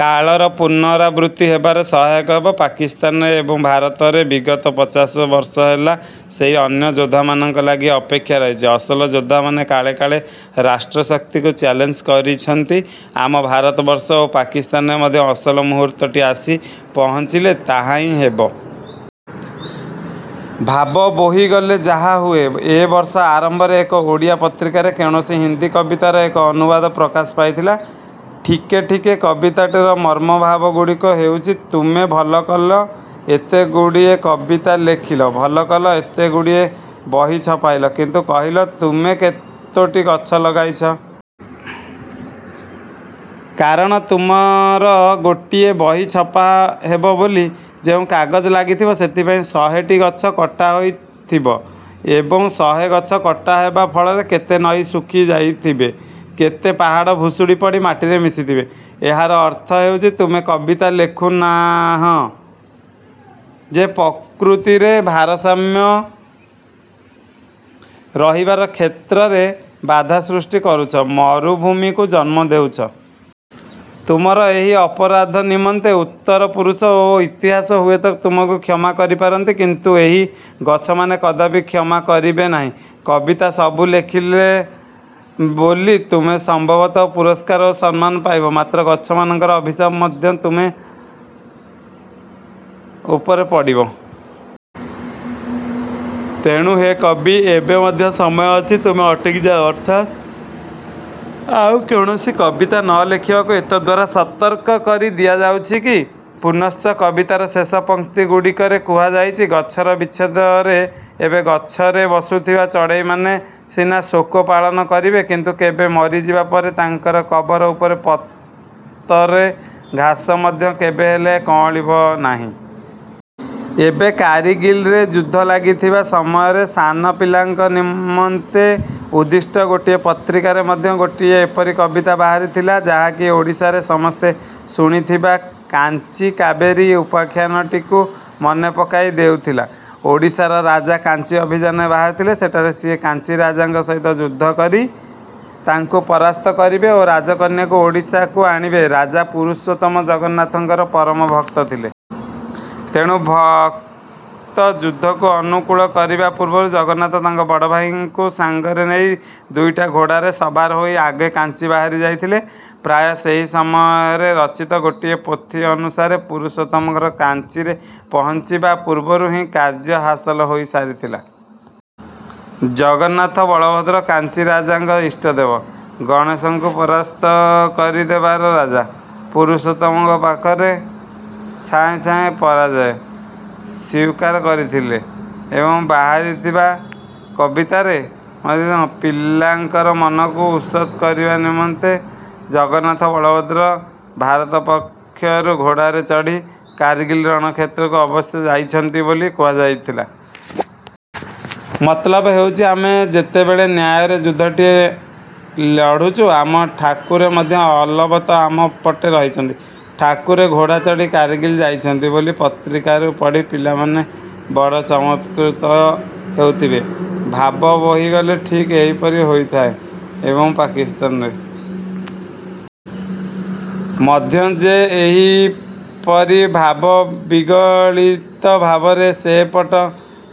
କାଳର ପୁନରାବୃତ୍ତି ହେବାରେ ସହାୟକ ହେବ। ପାକିସ୍ତାନ ଏବଂ ଭାରତରେ ବିଗତ ପଚାଶବର୍ଷ ହେଲା ସେହି ଅନ୍ୟ ଲାଗି ଅପେକ୍ଷା ରହିଛି। ଅସଲ ଯୋଦ୍ଧାମାନେ କାଳେ କାଳେ ରାଷ୍ଟ୍ରଶକ୍ତିକୁ ଚ୍ୟାଲେଞ୍ଜ କରିଛନ୍ତି। ଆମ ଭାରତବର୍ଷ ଓ ପାକିସ୍ତାନରେ ମଧ୍ୟ ଅସଲ ମୁହୂର୍ତ୍ତଟି ଆସି ପହଞ୍ଚିଲେ ତାହାହିଁ ହେବ। ଭାବ ବୋହିଗଲେ ଯାହା ହୁଏ ଏବର୍ଷ ଆରମ୍ଭରେ ଏକ ଓଡ଼ିଆ ପତ୍ରିକାରେ କୌଣସି ହିନ୍ଦି କବିତାର ଏକ ଅନୁବାଦ ପ୍ରକାଶ ପାଇଥିଲା। ଠିକେ ଠିକେ କବିତାଟିର ମର୍ମଭାବଗୁଡ଼ିକ ହେଉଛି ତୁମେ ଭଲ କଲ ଏତେଗୁଡ଼ିଏ କବିତା ଲେଖିଲ, ଭଲ କଲ ଏତେଗୁଡ଼ିଏ ବହି ଛପାଇଲ। କିନ୍ତୁ କହିଲ ତୁମେ କେତୋଟି ଗଛ ଲଗାଇଛ। କାରଣ ତୁମର ଗୋଟିଏ ବହି ଛପାହେବ ବୋଲି ଯେଉଁ କାଗଜ ଲାଗିଥିବ, ସେଥିପାଇଁ ଶହେଟି ଗଛ କଟାହୋଇ ଥିବ। ଏବଂ ଶହେ ଗଛ କଟା ହେବା ଫଳରେ କେତେ ନଈ ଶୁଖି ଯାଇଥିବେ, କେତେ ପାହାଡ଼ ଭୁଷୁଡ଼ି ପଡ଼ି ମାଟିରେ ମିଶିଥିବେ। ଏହାର ଅର୍ଥ ହେଉଛି, ତୁମେ କବିତା ଲେଖୁନାହଁ ଯେ ପ୍ରକୃତିରେ ଭାରସାମ୍ୟ ରହିବାର କ୍ଷେତ୍ରରେ ବାଧା ସୃଷ୍ଟି କରୁଛ, ମରୁଭୂମିକୁ ଜନ୍ମ ଦେଉଛ। ତୁମର ଏହି ଅପରାଧ ନିମନ୍ତେ ଉତ୍ତର ପୁରୁଷ ଓ ଇତିହାସ ହୁଏତ ତୁମକୁ କ୍ଷମା କରିପାରନ୍ତି। କିନ୍ତୁ ଏହି ଗଛମାନେ କଦାପି କ୍ଷମା କରିବେ ନାହିଁ। କବିତା ସବୁ ଲେଖିଲ ବୋଲି ତୁମେ ସମ୍ଭବତଃ ପୁରସ୍କାର ସମ୍ମାନ ପାଇବ ମାତ୍ର ଗଛମାନଙ୍କର ଅଭିଶାପ ମଧ୍ୟ ତୁମେ ଉପରେ ପଡ଼ିବ। ତେଣୁ ହେ କବି, ଏବେ ମଧ୍ୟ ସମୟ ଅଛି ତୁମେ ଅଟକିଯାଅ ଅର୍ଥାତ୍ ଆଉ କୌଣସି କବିତା ନ ଲେଖିବାକୁ ଏତଦ୍ଦ୍ୱାରା ସତର୍କ କରି ଦିଆଯାଉଛି କି? ପୁନଶ୍ଚ କବିତାର ଶେଷ ପଂକ୍ତି ଗୁଡ଼ିକରେ କୁହାଯାଇଛି, ଗଛର ବିଚ୍ଛେଦରେ ଏବେ ଗଛରେ ବସୁଥିବା ଚଢ଼େଇମାନେ ସିନା ଶୋକ ପାଳନ କରିବେ କିନ୍ତୁ କବି ମରିଯିବା ପରେ ତାଙ୍କର କବର ଉପରେ ପତରେ ଘାସ ମଧ୍ୟ କେବେହେଲେ କଅଁଳିବ ନାହିଁ। ଏବେ କାରଗିଲ୍ରେ ଯୁଦ୍ଧ ଲାଗିଥିବା ସମୟରେ ସାନ ପିଲାଙ୍କ ନିମନ୍ତେ ଉଦ୍ଦିଷ୍ଟ ଗୋଟିଏ ପତ୍ରିକାରେ ମଧ୍ୟ ଗୋଟିଏ ଏପରି କବିତା ବାହାରିଥିଲା ଯାହାକି ଓଡ଼ିଶାରେ ସମସ୍ତେ ଶୁଣିଥିବା କାଞ୍ଚି କାବେରୀ ଉପାଖ୍ୟାନଟିକୁ ମନେପକାଇ ଦେଉଥିଲା। ଓଡ଼ିଶାର ରାଜା କାଞ୍ଚି ଅଭିଯାନରେ ବାହାରିଥିଲେ। ସେଠାରେ ସିଏ କାଞ୍ଚି ରାଜାଙ୍କ ସହିତ ଯୁଦ୍ଧ କରି ତାଙ୍କୁ ପରାସ୍ତ କରିବେ ଓ ରାଜକନ୍ୟାକୁ ଓଡ଼ିଶାକୁ ଆଣିବେ, ରାଜା ପୁରୁଷୋତ୍ତମ ଜଗନ୍ନାଥଙ୍କର ପରମ ଭକ୍ତ ଥିଲେ। ତେଣୁ ଭକ୍ତ ଯୁଦ୍ଧକୁ ଅନୁକୂଳ କରିବା ପୂର୍ବରୁ ଜଗନ୍ନାଥ ତାଙ୍କ ବଡ଼ଭାଇଙ୍କୁ ସାଙ୍ଗରେ ନେଇ ଦୁଇଟା ଘୋଡ଼ାରେ ସବାର ହୋଇ ଆଗେ କାଞ୍ଚି ବାହାରି ଯାଇଥିଲେ। ପ୍ରାୟ ସେହି ସମୟରେ ରଚିତ ଗୋଟିଏ ପୋଥି ଅନୁସାରେ ପୁରୁଷୋତ୍ତମଙ୍କର କାଞ୍ଚିରେ ପହଞ୍ଚିବା ପୂର୍ବରୁ ହିଁ କାର୍ଯ୍ୟ ହାସଲ ହୋଇ ସାରିଥିଲା। ଜଗନ୍ନାଥ ବଳଭଦ୍ର କାଞ୍ଚିରାଜାଙ୍କ ଇଷ୍ଟଦେବ ଗଣେଶଙ୍କୁ ପରାସ୍ତ କରିଦେବାରୁ ରାଜା ପୁରୁଷୋତ୍ତମଙ୍କ ପାଖରେ ଛାଏଁ ଛାଏଁ ପରାଜୟ ସ୍ୱୀକାର କରିଥିଲେ। ଏବଂ ବାହାରିଥିବା କବିତାରେ ମଧ୍ୟ ପିଲାଙ୍କର ମନକୁ ଉଷତ କରିବା ନିମନ୍ତେ ଜଗନ୍ନାଥ ବଳଭଦ୍ର ଭାରତ ପକ୍ଷରୁ ଘୋଡ଼ାରେ ଚଢ଼ି କାରଗିଲ୍ ରଣକ୍ଷେତ୍ରକୁ ଅବଶ୍ୟ ଯାଇଛନ୍ତି ବୋଲି କୁହାଯାଇଥିଲା। ମତଲବ ହେଉଛି ଆମେ ଯେତେବେଳେ ନ୍ୟାୟରେ ଯୁଦ୍ଧଟିଏ ଲଢୁଛୁ, ଆମ ଠାକୁରେ ମଧ୍ୟ ଅଲବତ ଆମ ପଟେ ରହିଛନ୍ତି। ଠାକୁରେ ଘୋଡ଼ା ଚଢ଼ି କାରଗିଲ୍ ଯାଇଛନ୍ତି ବୋଲି ପତ୍ରିକାରୁ ପଢ଼ି ପିଲାମାନେ ବଡ଼ ଚମତ୍କୃତ ହୋଇଥିବେ। ଭାବ ବୋହିଗଲେ ଠିକ୍ ଏହିପରି ହୋଇଥାଏ। ଏବଂ ପାକିସ୍ତାନରେ ମଧ୍ୟ ଯେ ଏହିପରି ଭାବବିଗଳିତ ଭାବରେ ସେପଟ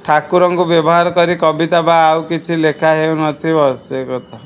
ଠାକୁରଙ୍କୁ ବ୍ୟବହାର କରି କବିତା ବା ଆଉ କିଛି ଲେଖା ହେଉନଥିବ, ସେକଥା